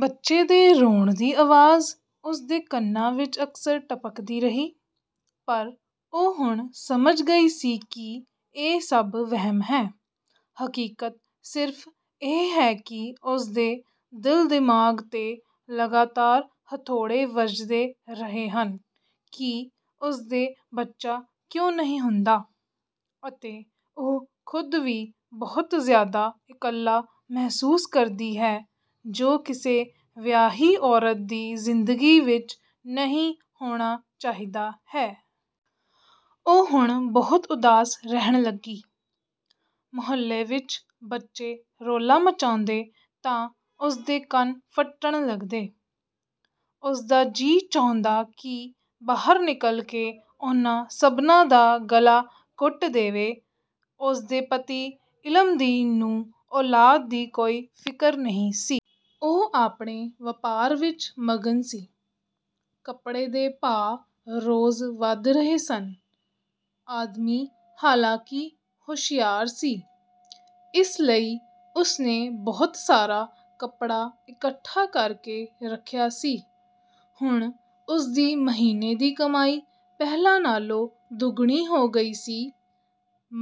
ਬੱਚੇ ਦੇ ਰੋਣ ਦੀ ਅਵਾਜ਼ ਉਸਦੇ ਕੰਨਾਂ ਵਿੱਚ ਅਕਸਰ ਟਪਕਦੀ ਰਹੀ, ਪਰ ਉਹ ਹੁਣ ਸਮਝ ਗਈ ਸੀ ਕਿ ਇਹ ਸਭ ਵਹਿਮ ਹੈ। ਹਕੀਕਤ ਸਿਰਫ਼ ਇਹ ਹੈ ਕਿ ਉਸਦੇ ਦਿਲ-ਦਿਮਾਗ਼ ਤੇ ਲਗਾਤਾਰ ਹਥੌੜੇ ਵੱਜਦੇ ਰਹੇ ਹਨ ਕਿ ਉਸਦੇ ਬੱਚਾ ਕਿਉਂ ਨਹੀਂ ਹੁੰਦਾ, ਅਤੇ ਉਹ ਖ਼ੁਦ ਵੀ ਬਹੁਤ ਜ਼ਿਆਦਾ ਇਕੱਲਾ ਮਹਿਸੂਸ ਕਰਦੀ ਹੈ ਜੋ ਕਿਸੇ ਵਿਆਹੀ ਔਰਤ ਦੀ ਜ਼ਿੰਦਗੀ ਵਿੱਚ ਨਹੀਂ ਹੋਣਾ ਚਾਹੀਦਾ ਹੈ। ਉਹ ਹੁਣ ਬਹੁਤ ਉਦਾਸ ਰਹਿਣ ਲੱਗੀ। ਮੁਹੱਲੇ ਵਿੱਚ ਬੱਚੇ ਰੌਲਾ ਮਚਾਉਂਦੇ ਤਾਂ ਉਸਦੇ ਕੰਨ ਫਟਣ ਲੱਗਦੇ। ਉਸਦਾ ਜੀ ਚਾਹੁੰਦਾ ਕਿ ਬਾਹਰ ਨਿਕਲ ਕੇ ਉਨ੍ਹਾਂ ਸਭਨਾਂ ਦਾ ਗਲਾ ਘੁੱਟ ਦੇਵੇ। ਉਸਦੇ ਪਤੀ ਇਲਮਦੀਨ ਨੂੰ ਔਲਾਦ ਦੀ ਕੋਈ ਫ਼ਿਕਰ ਨਹੀਂ ਸੀ। ਉਹ ਆਪਣੇ ਵਪਾਰ ਵਿੱਚ ਮਗਨ ਸੀ। ਕੱਪੜੇ ਦੇ ਭਾਅ ਰੋਜ਼ ਵਧ ਰਹੇ ਸਨ। ਆਦਮੀ ਹਾਲਾਂਕਿ ਹੋਸ਼ਿਆਰ ਸੀ, ਇਸ ਲਈ ਉਸਨੇ ਬਹੁਤ ਸਾਰਾ ਕੱਪੜਾ ਇਕੱਠਾ ਕਰਕੇ ਰੱਖਿਆ ਸੀ। ਹੁਣ ਉਸਦੀ ਮਹੀਨੇ ਦੀ ਕਮਾਈ ਪਹਿਲਾਂ ਨਾਲ਼ੋਂ ਦੁੱਗਣੀ ਹੋ ਗਈ ਸੀ,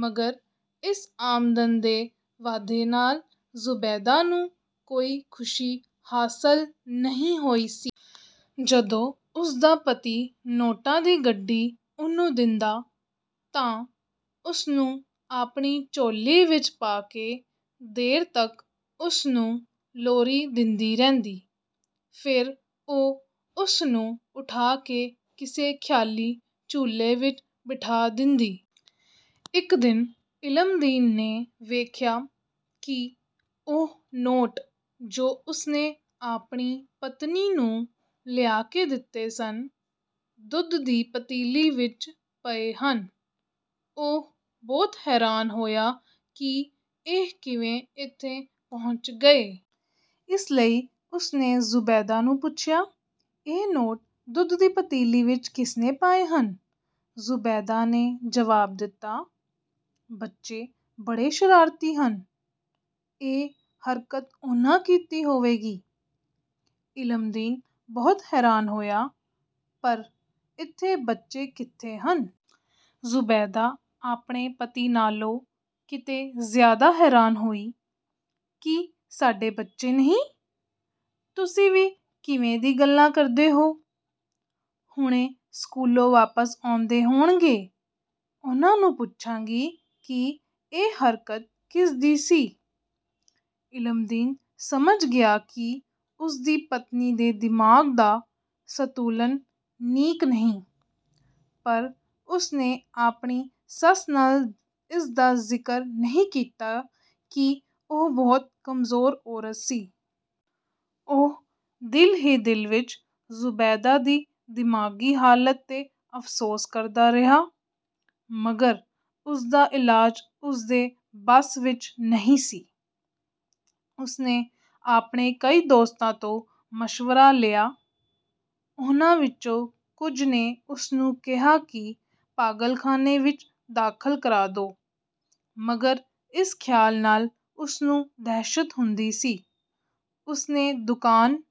ਮਗਰ ਇਸ ਆਮਦਨ ਦੇ ਵਾਧੇ ਨਾਲ਼ ਜ਼ੁਬੈਦਾ ਨੂੰ ਕੋਈ ਖੁਸ਼ੀ ਹਾਸਲ ਨਹੀਂ ਹੋਈ ਸੀ। ਜਦੋਂ ਉਸਦਾ ਪਤੀ ਨੋਟਾਂ ਦੀ ਗੱਡੀ ਉਹਨੂੰ ਦਿੰਦਾ, ਤਾਂ ਉਸਨੂੰ ਆਪਣੀ ਝੋਲੀ ਵਿੱਚ ਪਾ ਕੇ ਦੇਰ ਤੱਕ ਉਸ ਨੂੰ ਲੋਰੀ ਦਿੰਦੀ ਰਹਿੰਦੀ, ਫਿਰ ਉਹ ਉਸ ਨੂੰ ਉਠਾ ਕੇ ਕਿਸੇ ਖ਼ਿਆਲੀ ਝੂਲੇ ਵਿੱਚ ਬਿਠਾ ਦਿੰਦੀ। ਇੱਕ ਦਿਨ ਇਲਮਦੀਨ ਨੇ ਵੇਖਿਆ ਕਿ ਉਹ ਨੋਟ ਜੋ ਉਸਨੇ ਆਪਣੀ ਪਤਨੀ ਨੂੰ ਲਿਆ ਕੇ ਦਿੱਤੇ ਸਨ, ਦੁੱਧ ਦੀ ਪਤੀਲੀ ਵਿੱਚ ਪਏ ਹਨ। ਉਹ ਬਹੁਤ ਹੈਰਾਨ ਹੋਇਆ ਕਿ ਇਹ ਕਿਵੇਂ ਇੱਥੇ ਪਹੁੰਚ ਗਏ। ਇਸ ਲਈ ਉਸਨੇ ਜ਼ੁਬੈਦਾ ਨੂੰ ਪੁੱਛਿਆ, "ਇਹ ਨੋਟ ਦੁੱਧ ਦੀ ਪਤੀਲੀ ਵਿੱਚ ਕਿਸਨੇ ਪਾਏ ਹਨ?" ਜ਼ੁਬੈਦਾ ਨੇ ਜਵਾਬ ਦਿੱਤਾ, "ਬੱਚੇ ਬੜੇ ਸ਼ਰਾਰਤੀ ਹਨ, ਇਹ ਹਰਕਤ ਉਨ੍ਹਾਂ ਕੀਤੀ ਹੋਵੇਗੀ।" ਇਲਮਦੀਨ ਬਹੁਤ ਹੈਰਾਨ ਹੋਇਆ, "ਪਰ ਇੱਥੇ ਬੱਚੇ ਕਿੱਥੇ ਹਨ?" ਜ਼ੁਬੈਦਾ ਆਪਣੇ ਪਤੀ ਨਾਲ਼ੋਂ ਕਿਤੇ ਜ਼ਿਆਦਾ ਹੈਰਾਨ ਹੋਈ, "ਕੀ ਸਾਡੇ ਬੱਚੇ ਨਹੀਂ? ਤੁਸੀਂ ਵੀ ਕਿਵੇਂ ਦੀ ਗੱਲਾਂ ਕਰਦੇ ਹੋ? ਹੁਣੇ ਸਕੂਲੋਂ ਵਾਪਸ ਆਉਂਦੇ ਹੋਣਗੇ, ਉਨ੍ਹਾਂ ਨੂੰ ਪੁੱਛਾਂਗੀ ਕਿ ਇਹ ਹਰਕਤ ਕਿਸਦੀ ਸੀ।" ਇਲਮਦੀਨ ਸਮਝ ਗਿਆ ਕਿ ਉਸਦੀ ਪਤਨੀ ਦੇ ਦਿਮਾਗ਼ ਦਾ ਸਤੁਲਨ ਨੀਕ ਨਹੀਂ, ਪਰ ਉਸਨੇ ਆਪਣੀ ਸੱਸ ਨਾਲ਼ ਇਸਦਾ ਜ਼ਿਕਰ ਨਹੀਂ ਕੀਤਾ ਕਿ ਉਹ ਬਹੁਤ ਕਮਜ਼ੋਰ ਔਰਤ ਸੀ। ਉਹ ਦਿਲ ਹੀ ਦਿਲ ਵਿੱਚ ਜ਼ੁਬੈਦਾ ਦੀ ਦਿਮਾਗ਼ੀ ਹਾਲਤ ਤੇ ਅਫ਼ਸੋਸ ਕਰਦਾ ਰਿਹਾ, ਮਗਰ ਉਸਦਾ ਇਲਾਜ ਉਸਦੇ ਬਸ ਵਿੱਚ ਨਹੀਂ ਸੀ। ਉਸਨੇ ਆਪਣੇ ਕਈ ਦੋਸਤਾਂ ਤੋਂ ਮਸ਼ਵਰਾ ਲਿਆ। ਉਨ੍ਹਾਂ ਵਿਚੋਂ ਕੁਝ ਨੇ ਉਸਨੂੰ ਕਿਹਾ ਕਿ ਪਾਗਲਖਾਨੇ ਵਿੱਚ ਦਾਖ਼ਲ ਕਰਾ ਦੋ, ਮਗਰ ਇਸ ਖ਼ਿਆਲ ਨਾਲ਼ ਉਸਨੂੰ ਦਹਿਸ਼ਤ ਹੁੰਦੀ ਸੀ। ਉਸਨੇ ਦੁਕਾਨ